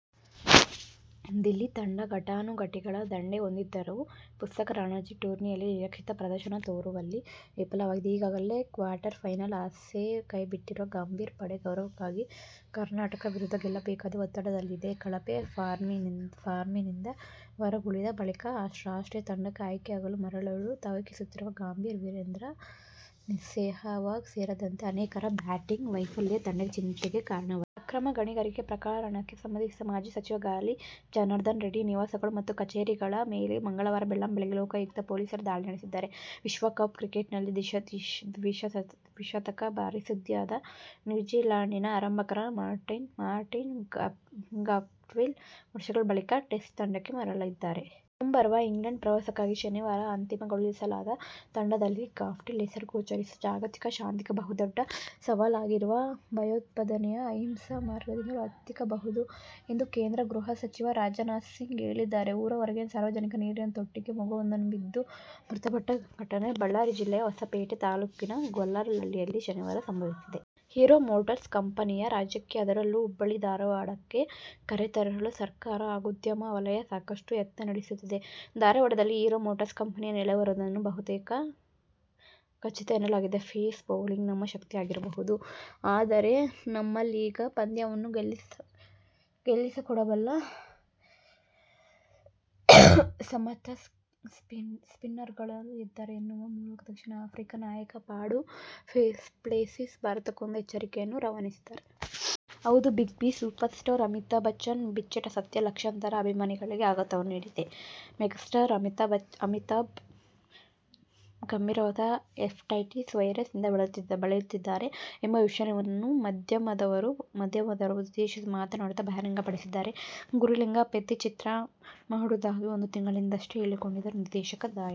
ದಿಲ್ಲಿ ತಂಡ ಘಟಾನುಘಟಿಗಳ ದಂಡೇ ಹೊಂದಿದ್ದರೂ ಪ್ರಸಕ್ತ ರಣಜಿ ಟೂರ್ನಿಯಲ್ಲಿ ನಿರೀಕ್ಷಿತ ಪ್ರದರ್ಶನ ತೋರುವಲ್ಲಿ ವಿಫಲವಾಗಿದೆ. ಈಗಾಗಲೇ ಕ್ವಾರ್ಟರ್ ಫೈನಲ್ ಆಸೆ ಕೈಬಿಟ್ಟಿರುವ ಗಂಭೀರ್ ಪಡೆ, ಗೌರವಕ್ಕಾಗಿ ಕರ್ನಾಟಕ ವಿರುದ್ಧ ಗೆಲ್ಲಬೇಕಾದ ಒತ್ತಡದಲ್ಲಿದೆ. ಕಳಪೆ ಫಾರ್ಮ್ನಿಂದ ಹೊರಗುಳಿದ ಬಳಿಕ ರಾಷ್ಟ್ರೀಯ ತಂಡಕ್ಕೆ ಆಯ್ಕೆಯಾಗಲು ಮರಳಲು ತವಕಿಸುತ್ತಿರುವ ಗಂಭೀರ್, ವೀರೇಂದ್ರ ಸೆಹವಾಗ್ ಸೇರಿದಂತೆ ಆನೇಕರ ಬ್ಯಾಟಿಂಗ್ ವೈಫಲ್ಯ ತಂಡದ ಚಿಂತೆಗೆ ಕಾರಣವಾಗಿದೆ. ಅಕ್ರಮ ಗಣಿಗಾರಿಕೆ ಪ್ರಕರಣಕ್ಕೆ ಸಂಬಂಧಿಸಿ ಮಾಜಿ ಸಚಿವ ಗಾಲಿ ಜನಾರ್ದನ ರೆಡ್ಡಿ ನಿವಾಸಗಳು ಮತ್ತು ಕಚೇರಿಗಳ ಮೇಲೆ ಮಂಗಳವಾರ ಬೆಳ್ಳಂಬೆಳಗೆ ಲೋಕಾಯುಕ್ತ ಪೊಲೀಸರು ದಾಳಿ ನಡೆಸಿದ್ದಾರೆ. ವಿಶ್ವಕಪ್ ಕ್ರಿಕೆಟ್ನಲ್ಲಿ ದ್ವಿಶತಕ ಬಾರಿಸಿ ಸುದ್ದಿಯಾದ ನ್ಯೂಜಿಲ್ಯಾಂಡಿನ ಆರಂಭಕಾರ ಮಾರ್ಟಿನ್ ಗಪ್ಟಿಲ್ ವರ್ಷಗಳ ಬಳಿಕ ಟೆಸ್ಟ್ ತಂಡಕ್ಕೆ ಮರಳಿದ್ದಾರೆ. ಮುಂಬರುವ ಇಂಗ್ಲೆಂಡ್ ಪ್ರವಾಸಕ್ಕಾಗಿ ಶನಿವಾರ ಅಂತಿಮಗೊಳಿಸಲಾದ ತಂಡದಲ್ಲಿ ಗಪ್ಟಿಲ್ ಹೆಸರು ಗೋಚರಿಸಿದೆ. ಜಾಗತಿಕ ಶಾಂತಿಗೆ ಬಹುದೊಡ್ಡ ಸವಾಲಾಗಿರುವ ಭಯೋತ್ಪಾದನೆಯನ್ನು ಅಹಿಂಸಾ ಮಾರ್ಗದಿಂದಲೂ ಹತ್ತಿಕ್ಕಬಹುದು ಎಂದು ಕೇಂದ್ರ ಗೃಹ ಸಚಿವ ರಾಜನಾಥಸಿಂಗ್ ಹೇಳಿದ್ದಾರೆ. ಊರ ಹೊರಗಿನ ಸಾರ್ವಜನಿಕ ನೀರಿನ ತೊಟ್ಟಿಗೆ ಮಗುವೊಂದು ಬಿದ್ದು ಮೃತಪಟ್ಟ ಘಟನೆ ಬಳ್ಳಾರಿ ಜಿಲ್ಲೆಯ ಹೊಸಪೇಟೆ ತಾಲೂಕಿನ ಗೊಲ್ಲರಹಳ್ಳಿಯಲ್ಲಿ ಶನಿವಾರ ಸಂಭವಿಸಿದೆ. ಹೀರೋ ಮೋಟಾರ್ಸ್ ಕಂಪೆನಿಯನ್ನು ರಾಜ್ಯಕ್ಕೆ ಅದರಲ್ಲೂ ಹುಬ್ಬಳ್ಳಿ- ಧಾರವಾಡಕ್ಕೆ ಕರೆತರಲು ಸರಕಾರ ಹಾಗೂ ಉದ್ಯಮ ವಲಯ ಸಾಕಷ್ಟು ಯತ್ನ ನಡೆಸುತ್ತಿದ್ದು, ಧಾರವಾಡದಲ್ಲಿ ಹೀರೋ ಮೋಟಾರ್ಸ್ ಕಂಪೆನಿ ನೆಲೆಯೂರುವುದು ಬಹುತೇಕ ಖಚಿತ ಎನ್ನಲಾಗಿದೆ. "ಪೇಸ್ ಬೌಲಿಂಗ್ ನಮ್ಮ ಶಕ್ತಿ ಆಗಿರಬಹುದು, ಆದರೆ ನಮ್ಮಲ್ಲೀಗ ಪಂದ್ಯವನ್ನು ಗೆಲ್ಲಿಸಿಕೊಡಬಲ್ಲ ಸಮರ್ಥ ಸ್ಪಿನ್ನರ್ಗಳೂ ಇದ್ದಾರೆ' ಎನ್ನುವ ಮೂಲಕ ದಕ್ಷಿಣ ಆಫ್ರಿಕಾ ನಾಯಕ ಫಾ ಡು ಪ್ಲೆಸಿಸ್ ಭಾರತಕ್ಕೊಂದು ಎಚ್ಚರಿಕೆಯನ್ನು ರವಾನಿಸಿದ್ದಾರೆ. ಹೌದು big B, super star Amitabh Bachchan ಬಿಚ್ಚಿಟ್ಟ ಸತ್ಯ ಲಕ್ಷಾಂತರ ಅಭಿಮಾನಿಗಳಿಗೆ ಆಘಾತವನ್ನು ನೀಡಿದೆ. ಮೆಗಾಸ್ಟಾರ್ ಅಮಿತಾಬ್ ಗಂಭೀರವಾದ ಹೆಪಟೈಟಿಸ್ ವೈರಸ್ ನಿಂದ ಬಳಲುತ್ತಿದ್ದಾರೆ ಎಂಬ ವಿಷಯವನ್ನು ಮಾಧ್ಯಮದವರನ್ನು ಉದ್ದೇಶಿಸಿ ಮಾತನಾಡುತ್ತ ಬಹಿರಂಗಪಡಿಸಿದ್ದಾರೆ. "ಗುರುಲಿಂಗ ಪೆದ್ದಿ' ಚಿತ್ರ ಮಾಡುವುದಾಗಿ ಒಂದು ತಿಂಗಳ ಹಿಂದಷ್ಟೇ ಹೇಳಿಕೊಂಡಿದ್ದರು ನಿರ್ದೇಶಕ ದಯಾಳ್.